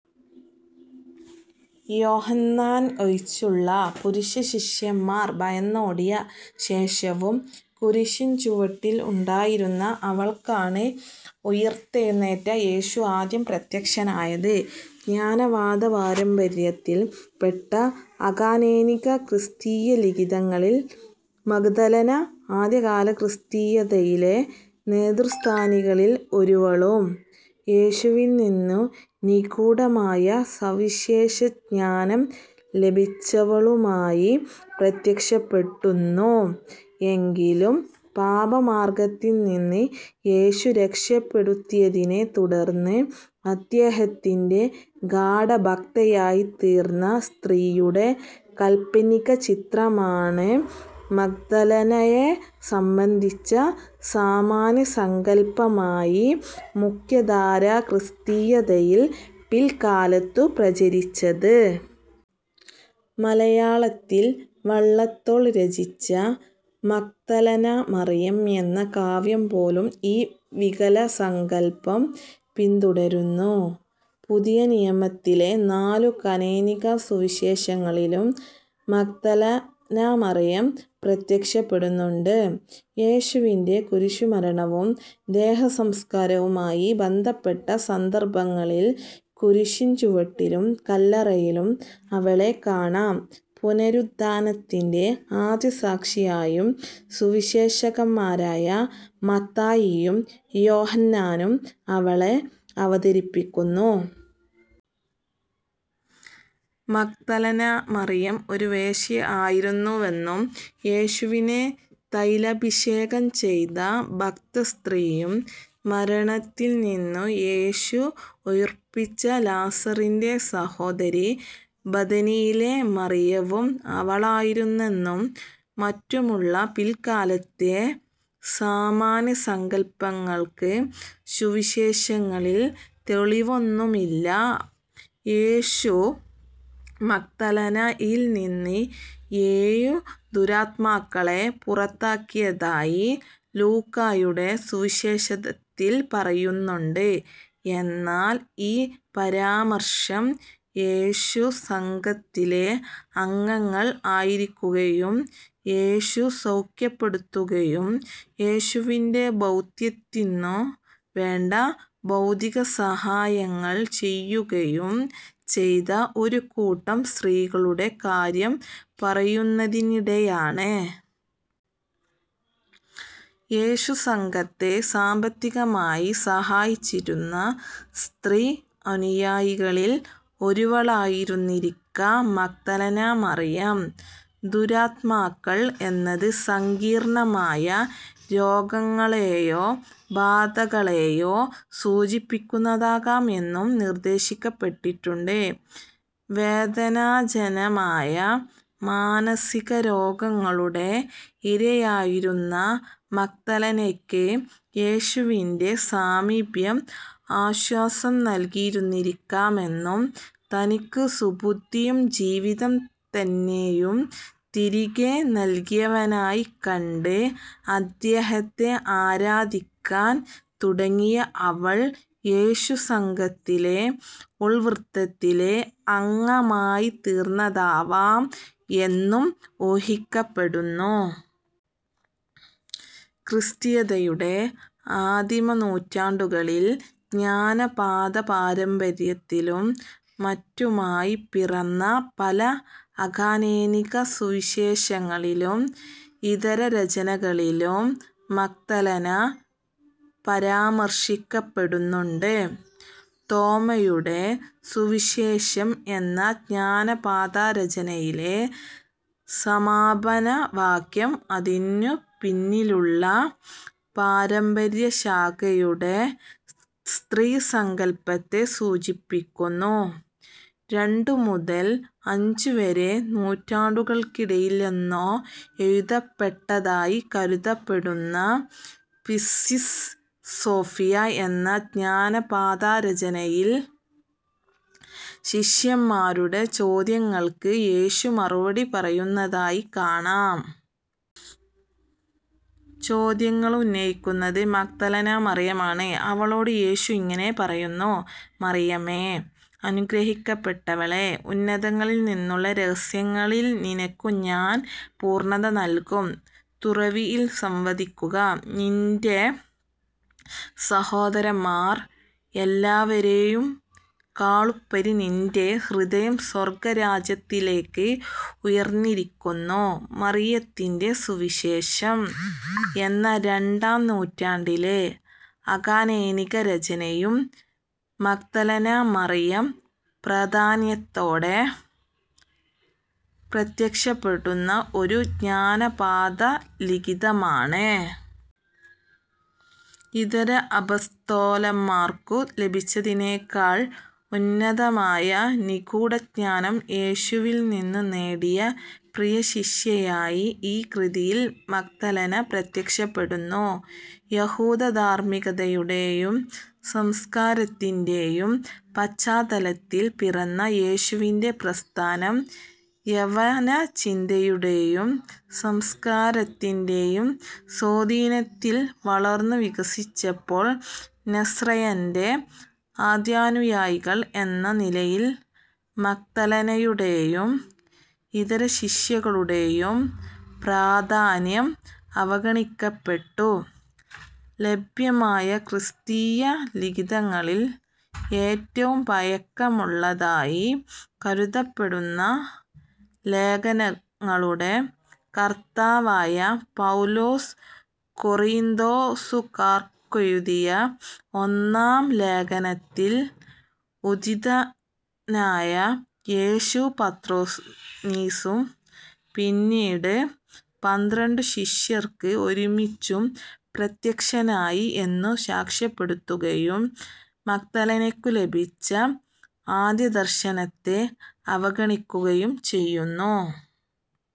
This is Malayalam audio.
യോഹന്നാൻ ഒഴിച്ചുള്ള പുരുഷശിഷ്യന്മാർ ഭയന്നോടിയ ശേഷവും കുരിശിൻ ചുവട്ടിൽ ഉണ്ടായിരുന്ന അവൾക്കാണ് ഉയിർത്തെഴുന്നേറ്റ യേശു ആദ്യം പ്രത്യക്ഷനായത്. ജ്ഞാനവാദപാരമ്പര്യത്തിൽ പെട്ട അകാനോനിക ക്രിസ്തീയലിഖിതങ്ങളിൽ 'മഗ്ദലന' ആദ്യകാലക്രിസ്തീയതയിലെ നേതൃസ്ഥാനികളിൽ ഒരുവളും യേശുവിൽ നിന്ന് നിഗൂഢമായ സവിശേഷജ്ഞാനം ലഭിച്ചവളുമായി പ്രത്യക്ഷപ്പെടുന്നു. എങ്കിലും പാപമാർഗ്ഗത്തിൽ നിന്ന് യേശു രക്ഷപെടുത്തിയതിനെ തുടർന്ന് അദ്ദേഹത്തിന്റെ ഗാഢഭക്തയായിത്തീർന്ന സ്ത്രീയുടെ കാല്പനികചിത്രമാണ് മഗ്ദലനയെ സംബന്ധിച്ച സാമാന്യസങ്കല്പമായി മുഖ്യധാരാക്രിസ്തീയതയിൽ പിൽക്കാലത്തു പ്രചരിച്ചത്. മലയാളത്തിൽ വള്ളത്തോൾ രചിച്ച 'മഗ്ദലനമറിയം' എന്ന കാവ്യം പോലും ഈ വികലസങ്കല്പം പിന്തുടരുന്നു. പുതിയനിയമത്തിലെ നാലു കാനോനിക സുവിശേഷങ്ങളിലും മഗ്ദലനമറിയം പ്രത്യക്ഷപ്പെടുന്നുണ്ട്. യേശുവിന്റെ കുരിശുമരണവും ദേഹസംസ്കാരവുമായി ബന്ധപ്പെട്ട സന്ദർഭങ്ങളിൽ കുരിശിൻ ചുവട്ടിലും കല്ലറയിലും അവളെ കാണാം. പുനരുദ്ധാനത്തിന്റെ ആദ്യസാക്ഷിയായും സുവിശേഷകന്മാരായ മത്തായിയും യോഹന്നാനും അവളെ അവതരിപ്പിക്കുന്നു. മഗ്ദലനമറിയം ഒരു വേശ്യ ആയിരുന്നുവെന്നും, യേശുവിനെ തൈലാഭിഷേകം ചെയ്ത ഭക്തസ്ത്രീയും മരണത്തിൽ നിന്ന് യേശു ഉയിർപ്പിച്ച ലാസറിന്റെ സഹോദരി ബെഥനിയിലെ മറിയവും അവളായിരുന്നെന്നും മറ്റുമുള്ള പിൽക്കാലത്തെ സാമാന്യസങ്കല്പങ്ങൾക്ക് സുവിശേഷങ്ങളിൽ തെളിവൊന്നുമില്ല. യേശു 'മഗ്ദലന'-യിൽ നിന്ന് ഏഴു ദുരാത്മാക്കളെ പുറത്താക്കിയതായി ലൂക്കായുടെ സുവിശേഷത്തിൽ പറയുന്നുണ്ട്. എന്നാൽ ഈ പരാമർശം, യേശുസംഘത്തിലെ അംഗങ്ങൾ ആയിരിക്കുകയും യേശു സൗഖ്യപ്പെടുത്തുകയും യേശുവിന്റെ ദൗത്യത്തിനു വേണ്ട ഭൗതികസഹായങ്ങൾ ചെയ്യുകയും ചെയ്ത ഒരുകൂട്ടം സ്ത്രീകളുടെ കാര്യം പറയുന്നതിനിടെയാണ്. യേശുസംഘത്തെ സാമ്പത്തികമായി സഹായിച്ചിരുന്ന സ്ത്രീ അനുയായികളിൽ ഒരുവളായിരുന്നിരിക്കാം മഗ്ദലനമറിയം. 'ദുരാത്മാക്കൾ' എന്നത് സങ്കീർണ്ണമായ രോഗങ്ങളേയോ 'ബാധ'-കളേയോ സൂചിപ്പിക്കുന്നതാകാം എന്നും നിർദ്ദേശിക്കപ്പെട്ടിട്ടുണ്ട്. വേദനാജനമായ മാനസികരോഗങ്ങളുടെ ഇരയായിരുന്ന മഗ്ദലനയ്ക്ക് യേശുവിന്റെ സാമീപ്യം ആശ്വാസം നൽകിയിരുന്നിരിക്കാമെന്നും തനിക്ക് സുബുദ്ധിയും ജീവിതം തന്നെയും തിരികെ നൽകിയവനായി കണ്ട് അദ്ദേഹത്തെ ആരാധിക്കാൻ തുടങ്ങിയ അവൾ യേശുസംഘത്തിലെ ഉൾവൃത്തത്തിലെ അംഗമായിത്തീർന്നതാവാം എന്നും ഊഹിക്കപ്പെടുന്നു. ക്രിസ്തീയതയുടെ ആദിമനൂറ്റാണ്ടുകളിൽ ജ്ഞാനവാദപാരമ്പര്യത്തിലും മറ്റുമായി പിറന്ന പല അകാനോനിക സുവിശേഷങ്ങളിലും ഇതരരചനകളിലും 'മഗ്ദലന' പരാമർശിക്കപ്പെടുന്നുണ്ട്. തോമായുടെ സുവിശേഷം എന്ന ജ്ഞാനവാദരചനയിലെ സമാപനവാക്യം അതിനു പിന്നിലുള്ള പാരമ്പര്യശാഖയുടെ സ്ത്രീസങ്കല്പത്തെ സൂചിപ്പിക്കുന്നു:- രണ്ടു മുതൽ അഞ്ചുവരെ നൂറ്റാണ്ടുകൾക്കിടയിലെന്നോ എഴുതപ്പെട്ടതായി കരുതപ്പെടുന്ന "പിസ്റ്റിസ് സോഫിയ" എന്ന ജ്ഞാനവാദരചനയിൽ ശിഷ്യന്മാരുടെ ചോദ്യങ്ങൾക്ക് യേശു മറുപടി പറയുന്നതായി കാണാം. ചോദ്യങ്ങളും ഉന്നയിക്കുന്നത് മഗ്ദലനമറിയമാണ്. അവളോട് യേശു ഇങ്ങനെ പറയുന്നു: "മറിയമേ, അനുഗ്രഹിക്കപ്പെട്ടവളേ, ഉന്നതങ്ങളിൽ നിന്നുള്ള രഹസ്യങ്ങളിൽ നിനക്കു ഞാൻ പൂർണ്ണത നൽകും. തുറവിയിൽ സംവദിക്കുക. നിന്റെ സഹോദരന്മാർ എല്ലാവരേയുംകാളുപരി നിന്റെ ഹൃദയം സ്വർഗ്ഗരാജ്യത്തിലേയ്ക്ക് ഉയർന്നിരിക്കുന്നു. " "മറിയത്തിന്റെ സുവിശേഷം" എന്ന രണ്ടാം നൂറ്റാണ്ടിലെ അകാനോനികരചനയും മഗ്ദലനമറിയം പ്രാധാന്യത്തോടെ പ്രത്യക്ഷപ്പെടുന്ന ഒരു ജ്ഞാനവാദലിഖിതമാണ്. ഇതര അപ്പസ്തോലന്മാർക്കു ലഭിച്ചതിനേക്കാൾ ഉന്നതമായ നിഗൂഢജ്ഞാനം യേശുവിൽ നിന്നു നേടിയ പ്രിയശിഷ്യയായി ഈ കൃതിയിൽ മഗ്ദലന പ്രത്യക്ഷപ്പെടുന്നു. യഹൂദധാർമ്മികതയുടേയും സംസ്കാരത്തിന്റേയും പശ്ചാത്തലത്തിൽ പിറന്ന യേശുവിന്റെ പ്രസ്ഥാനം യവനചിന്തയുടേയും സംസ്കാരത്തിന്റേയും സ്വാധീനത്തിൽ വളർന്നു വികസിച്ചപ്പോൾ, 'നസ്രായന്റെ' ആദ്യാനുയായികൾ എന്ന നിലയിൽ മഗ്ദലനയുടേയും ഇതരശിഷ്യകളുടേയും പ്രാധാന്യം അവഗണിക്കപ്പെട്ടു. ലഭ്യമായ ക്രിസ്തീയലിഖിതങ്ങളിൽ ഏറ്റവും പഴക്കമുള്ളതായി കരുതപ്പെടുന്ന ലേഖനങ്ങളുടെ കർത്താവായ പൗലോസ്, കൊറീന്തോസുകാർക്കെഴുതിയ ഒന്നാം ലേഖനത്തിൽ ഉദ്ധിതനായ യേശു പത്രോനിസും പിന്നീട് പന്ത്രണ്ടു ശിഷ്യർക്ക് ഒരുമിച്ചും പ്രത്യക്ഷനായി എന്നു സാക്ഷ്യപ്പെടുത്തുകയും മഗ്ദലനയ്ക്കു ലഭിച്ച ആദ്യദർശനത്തെ അവഗണിക്കുകയും ചെയ്യുന്നു.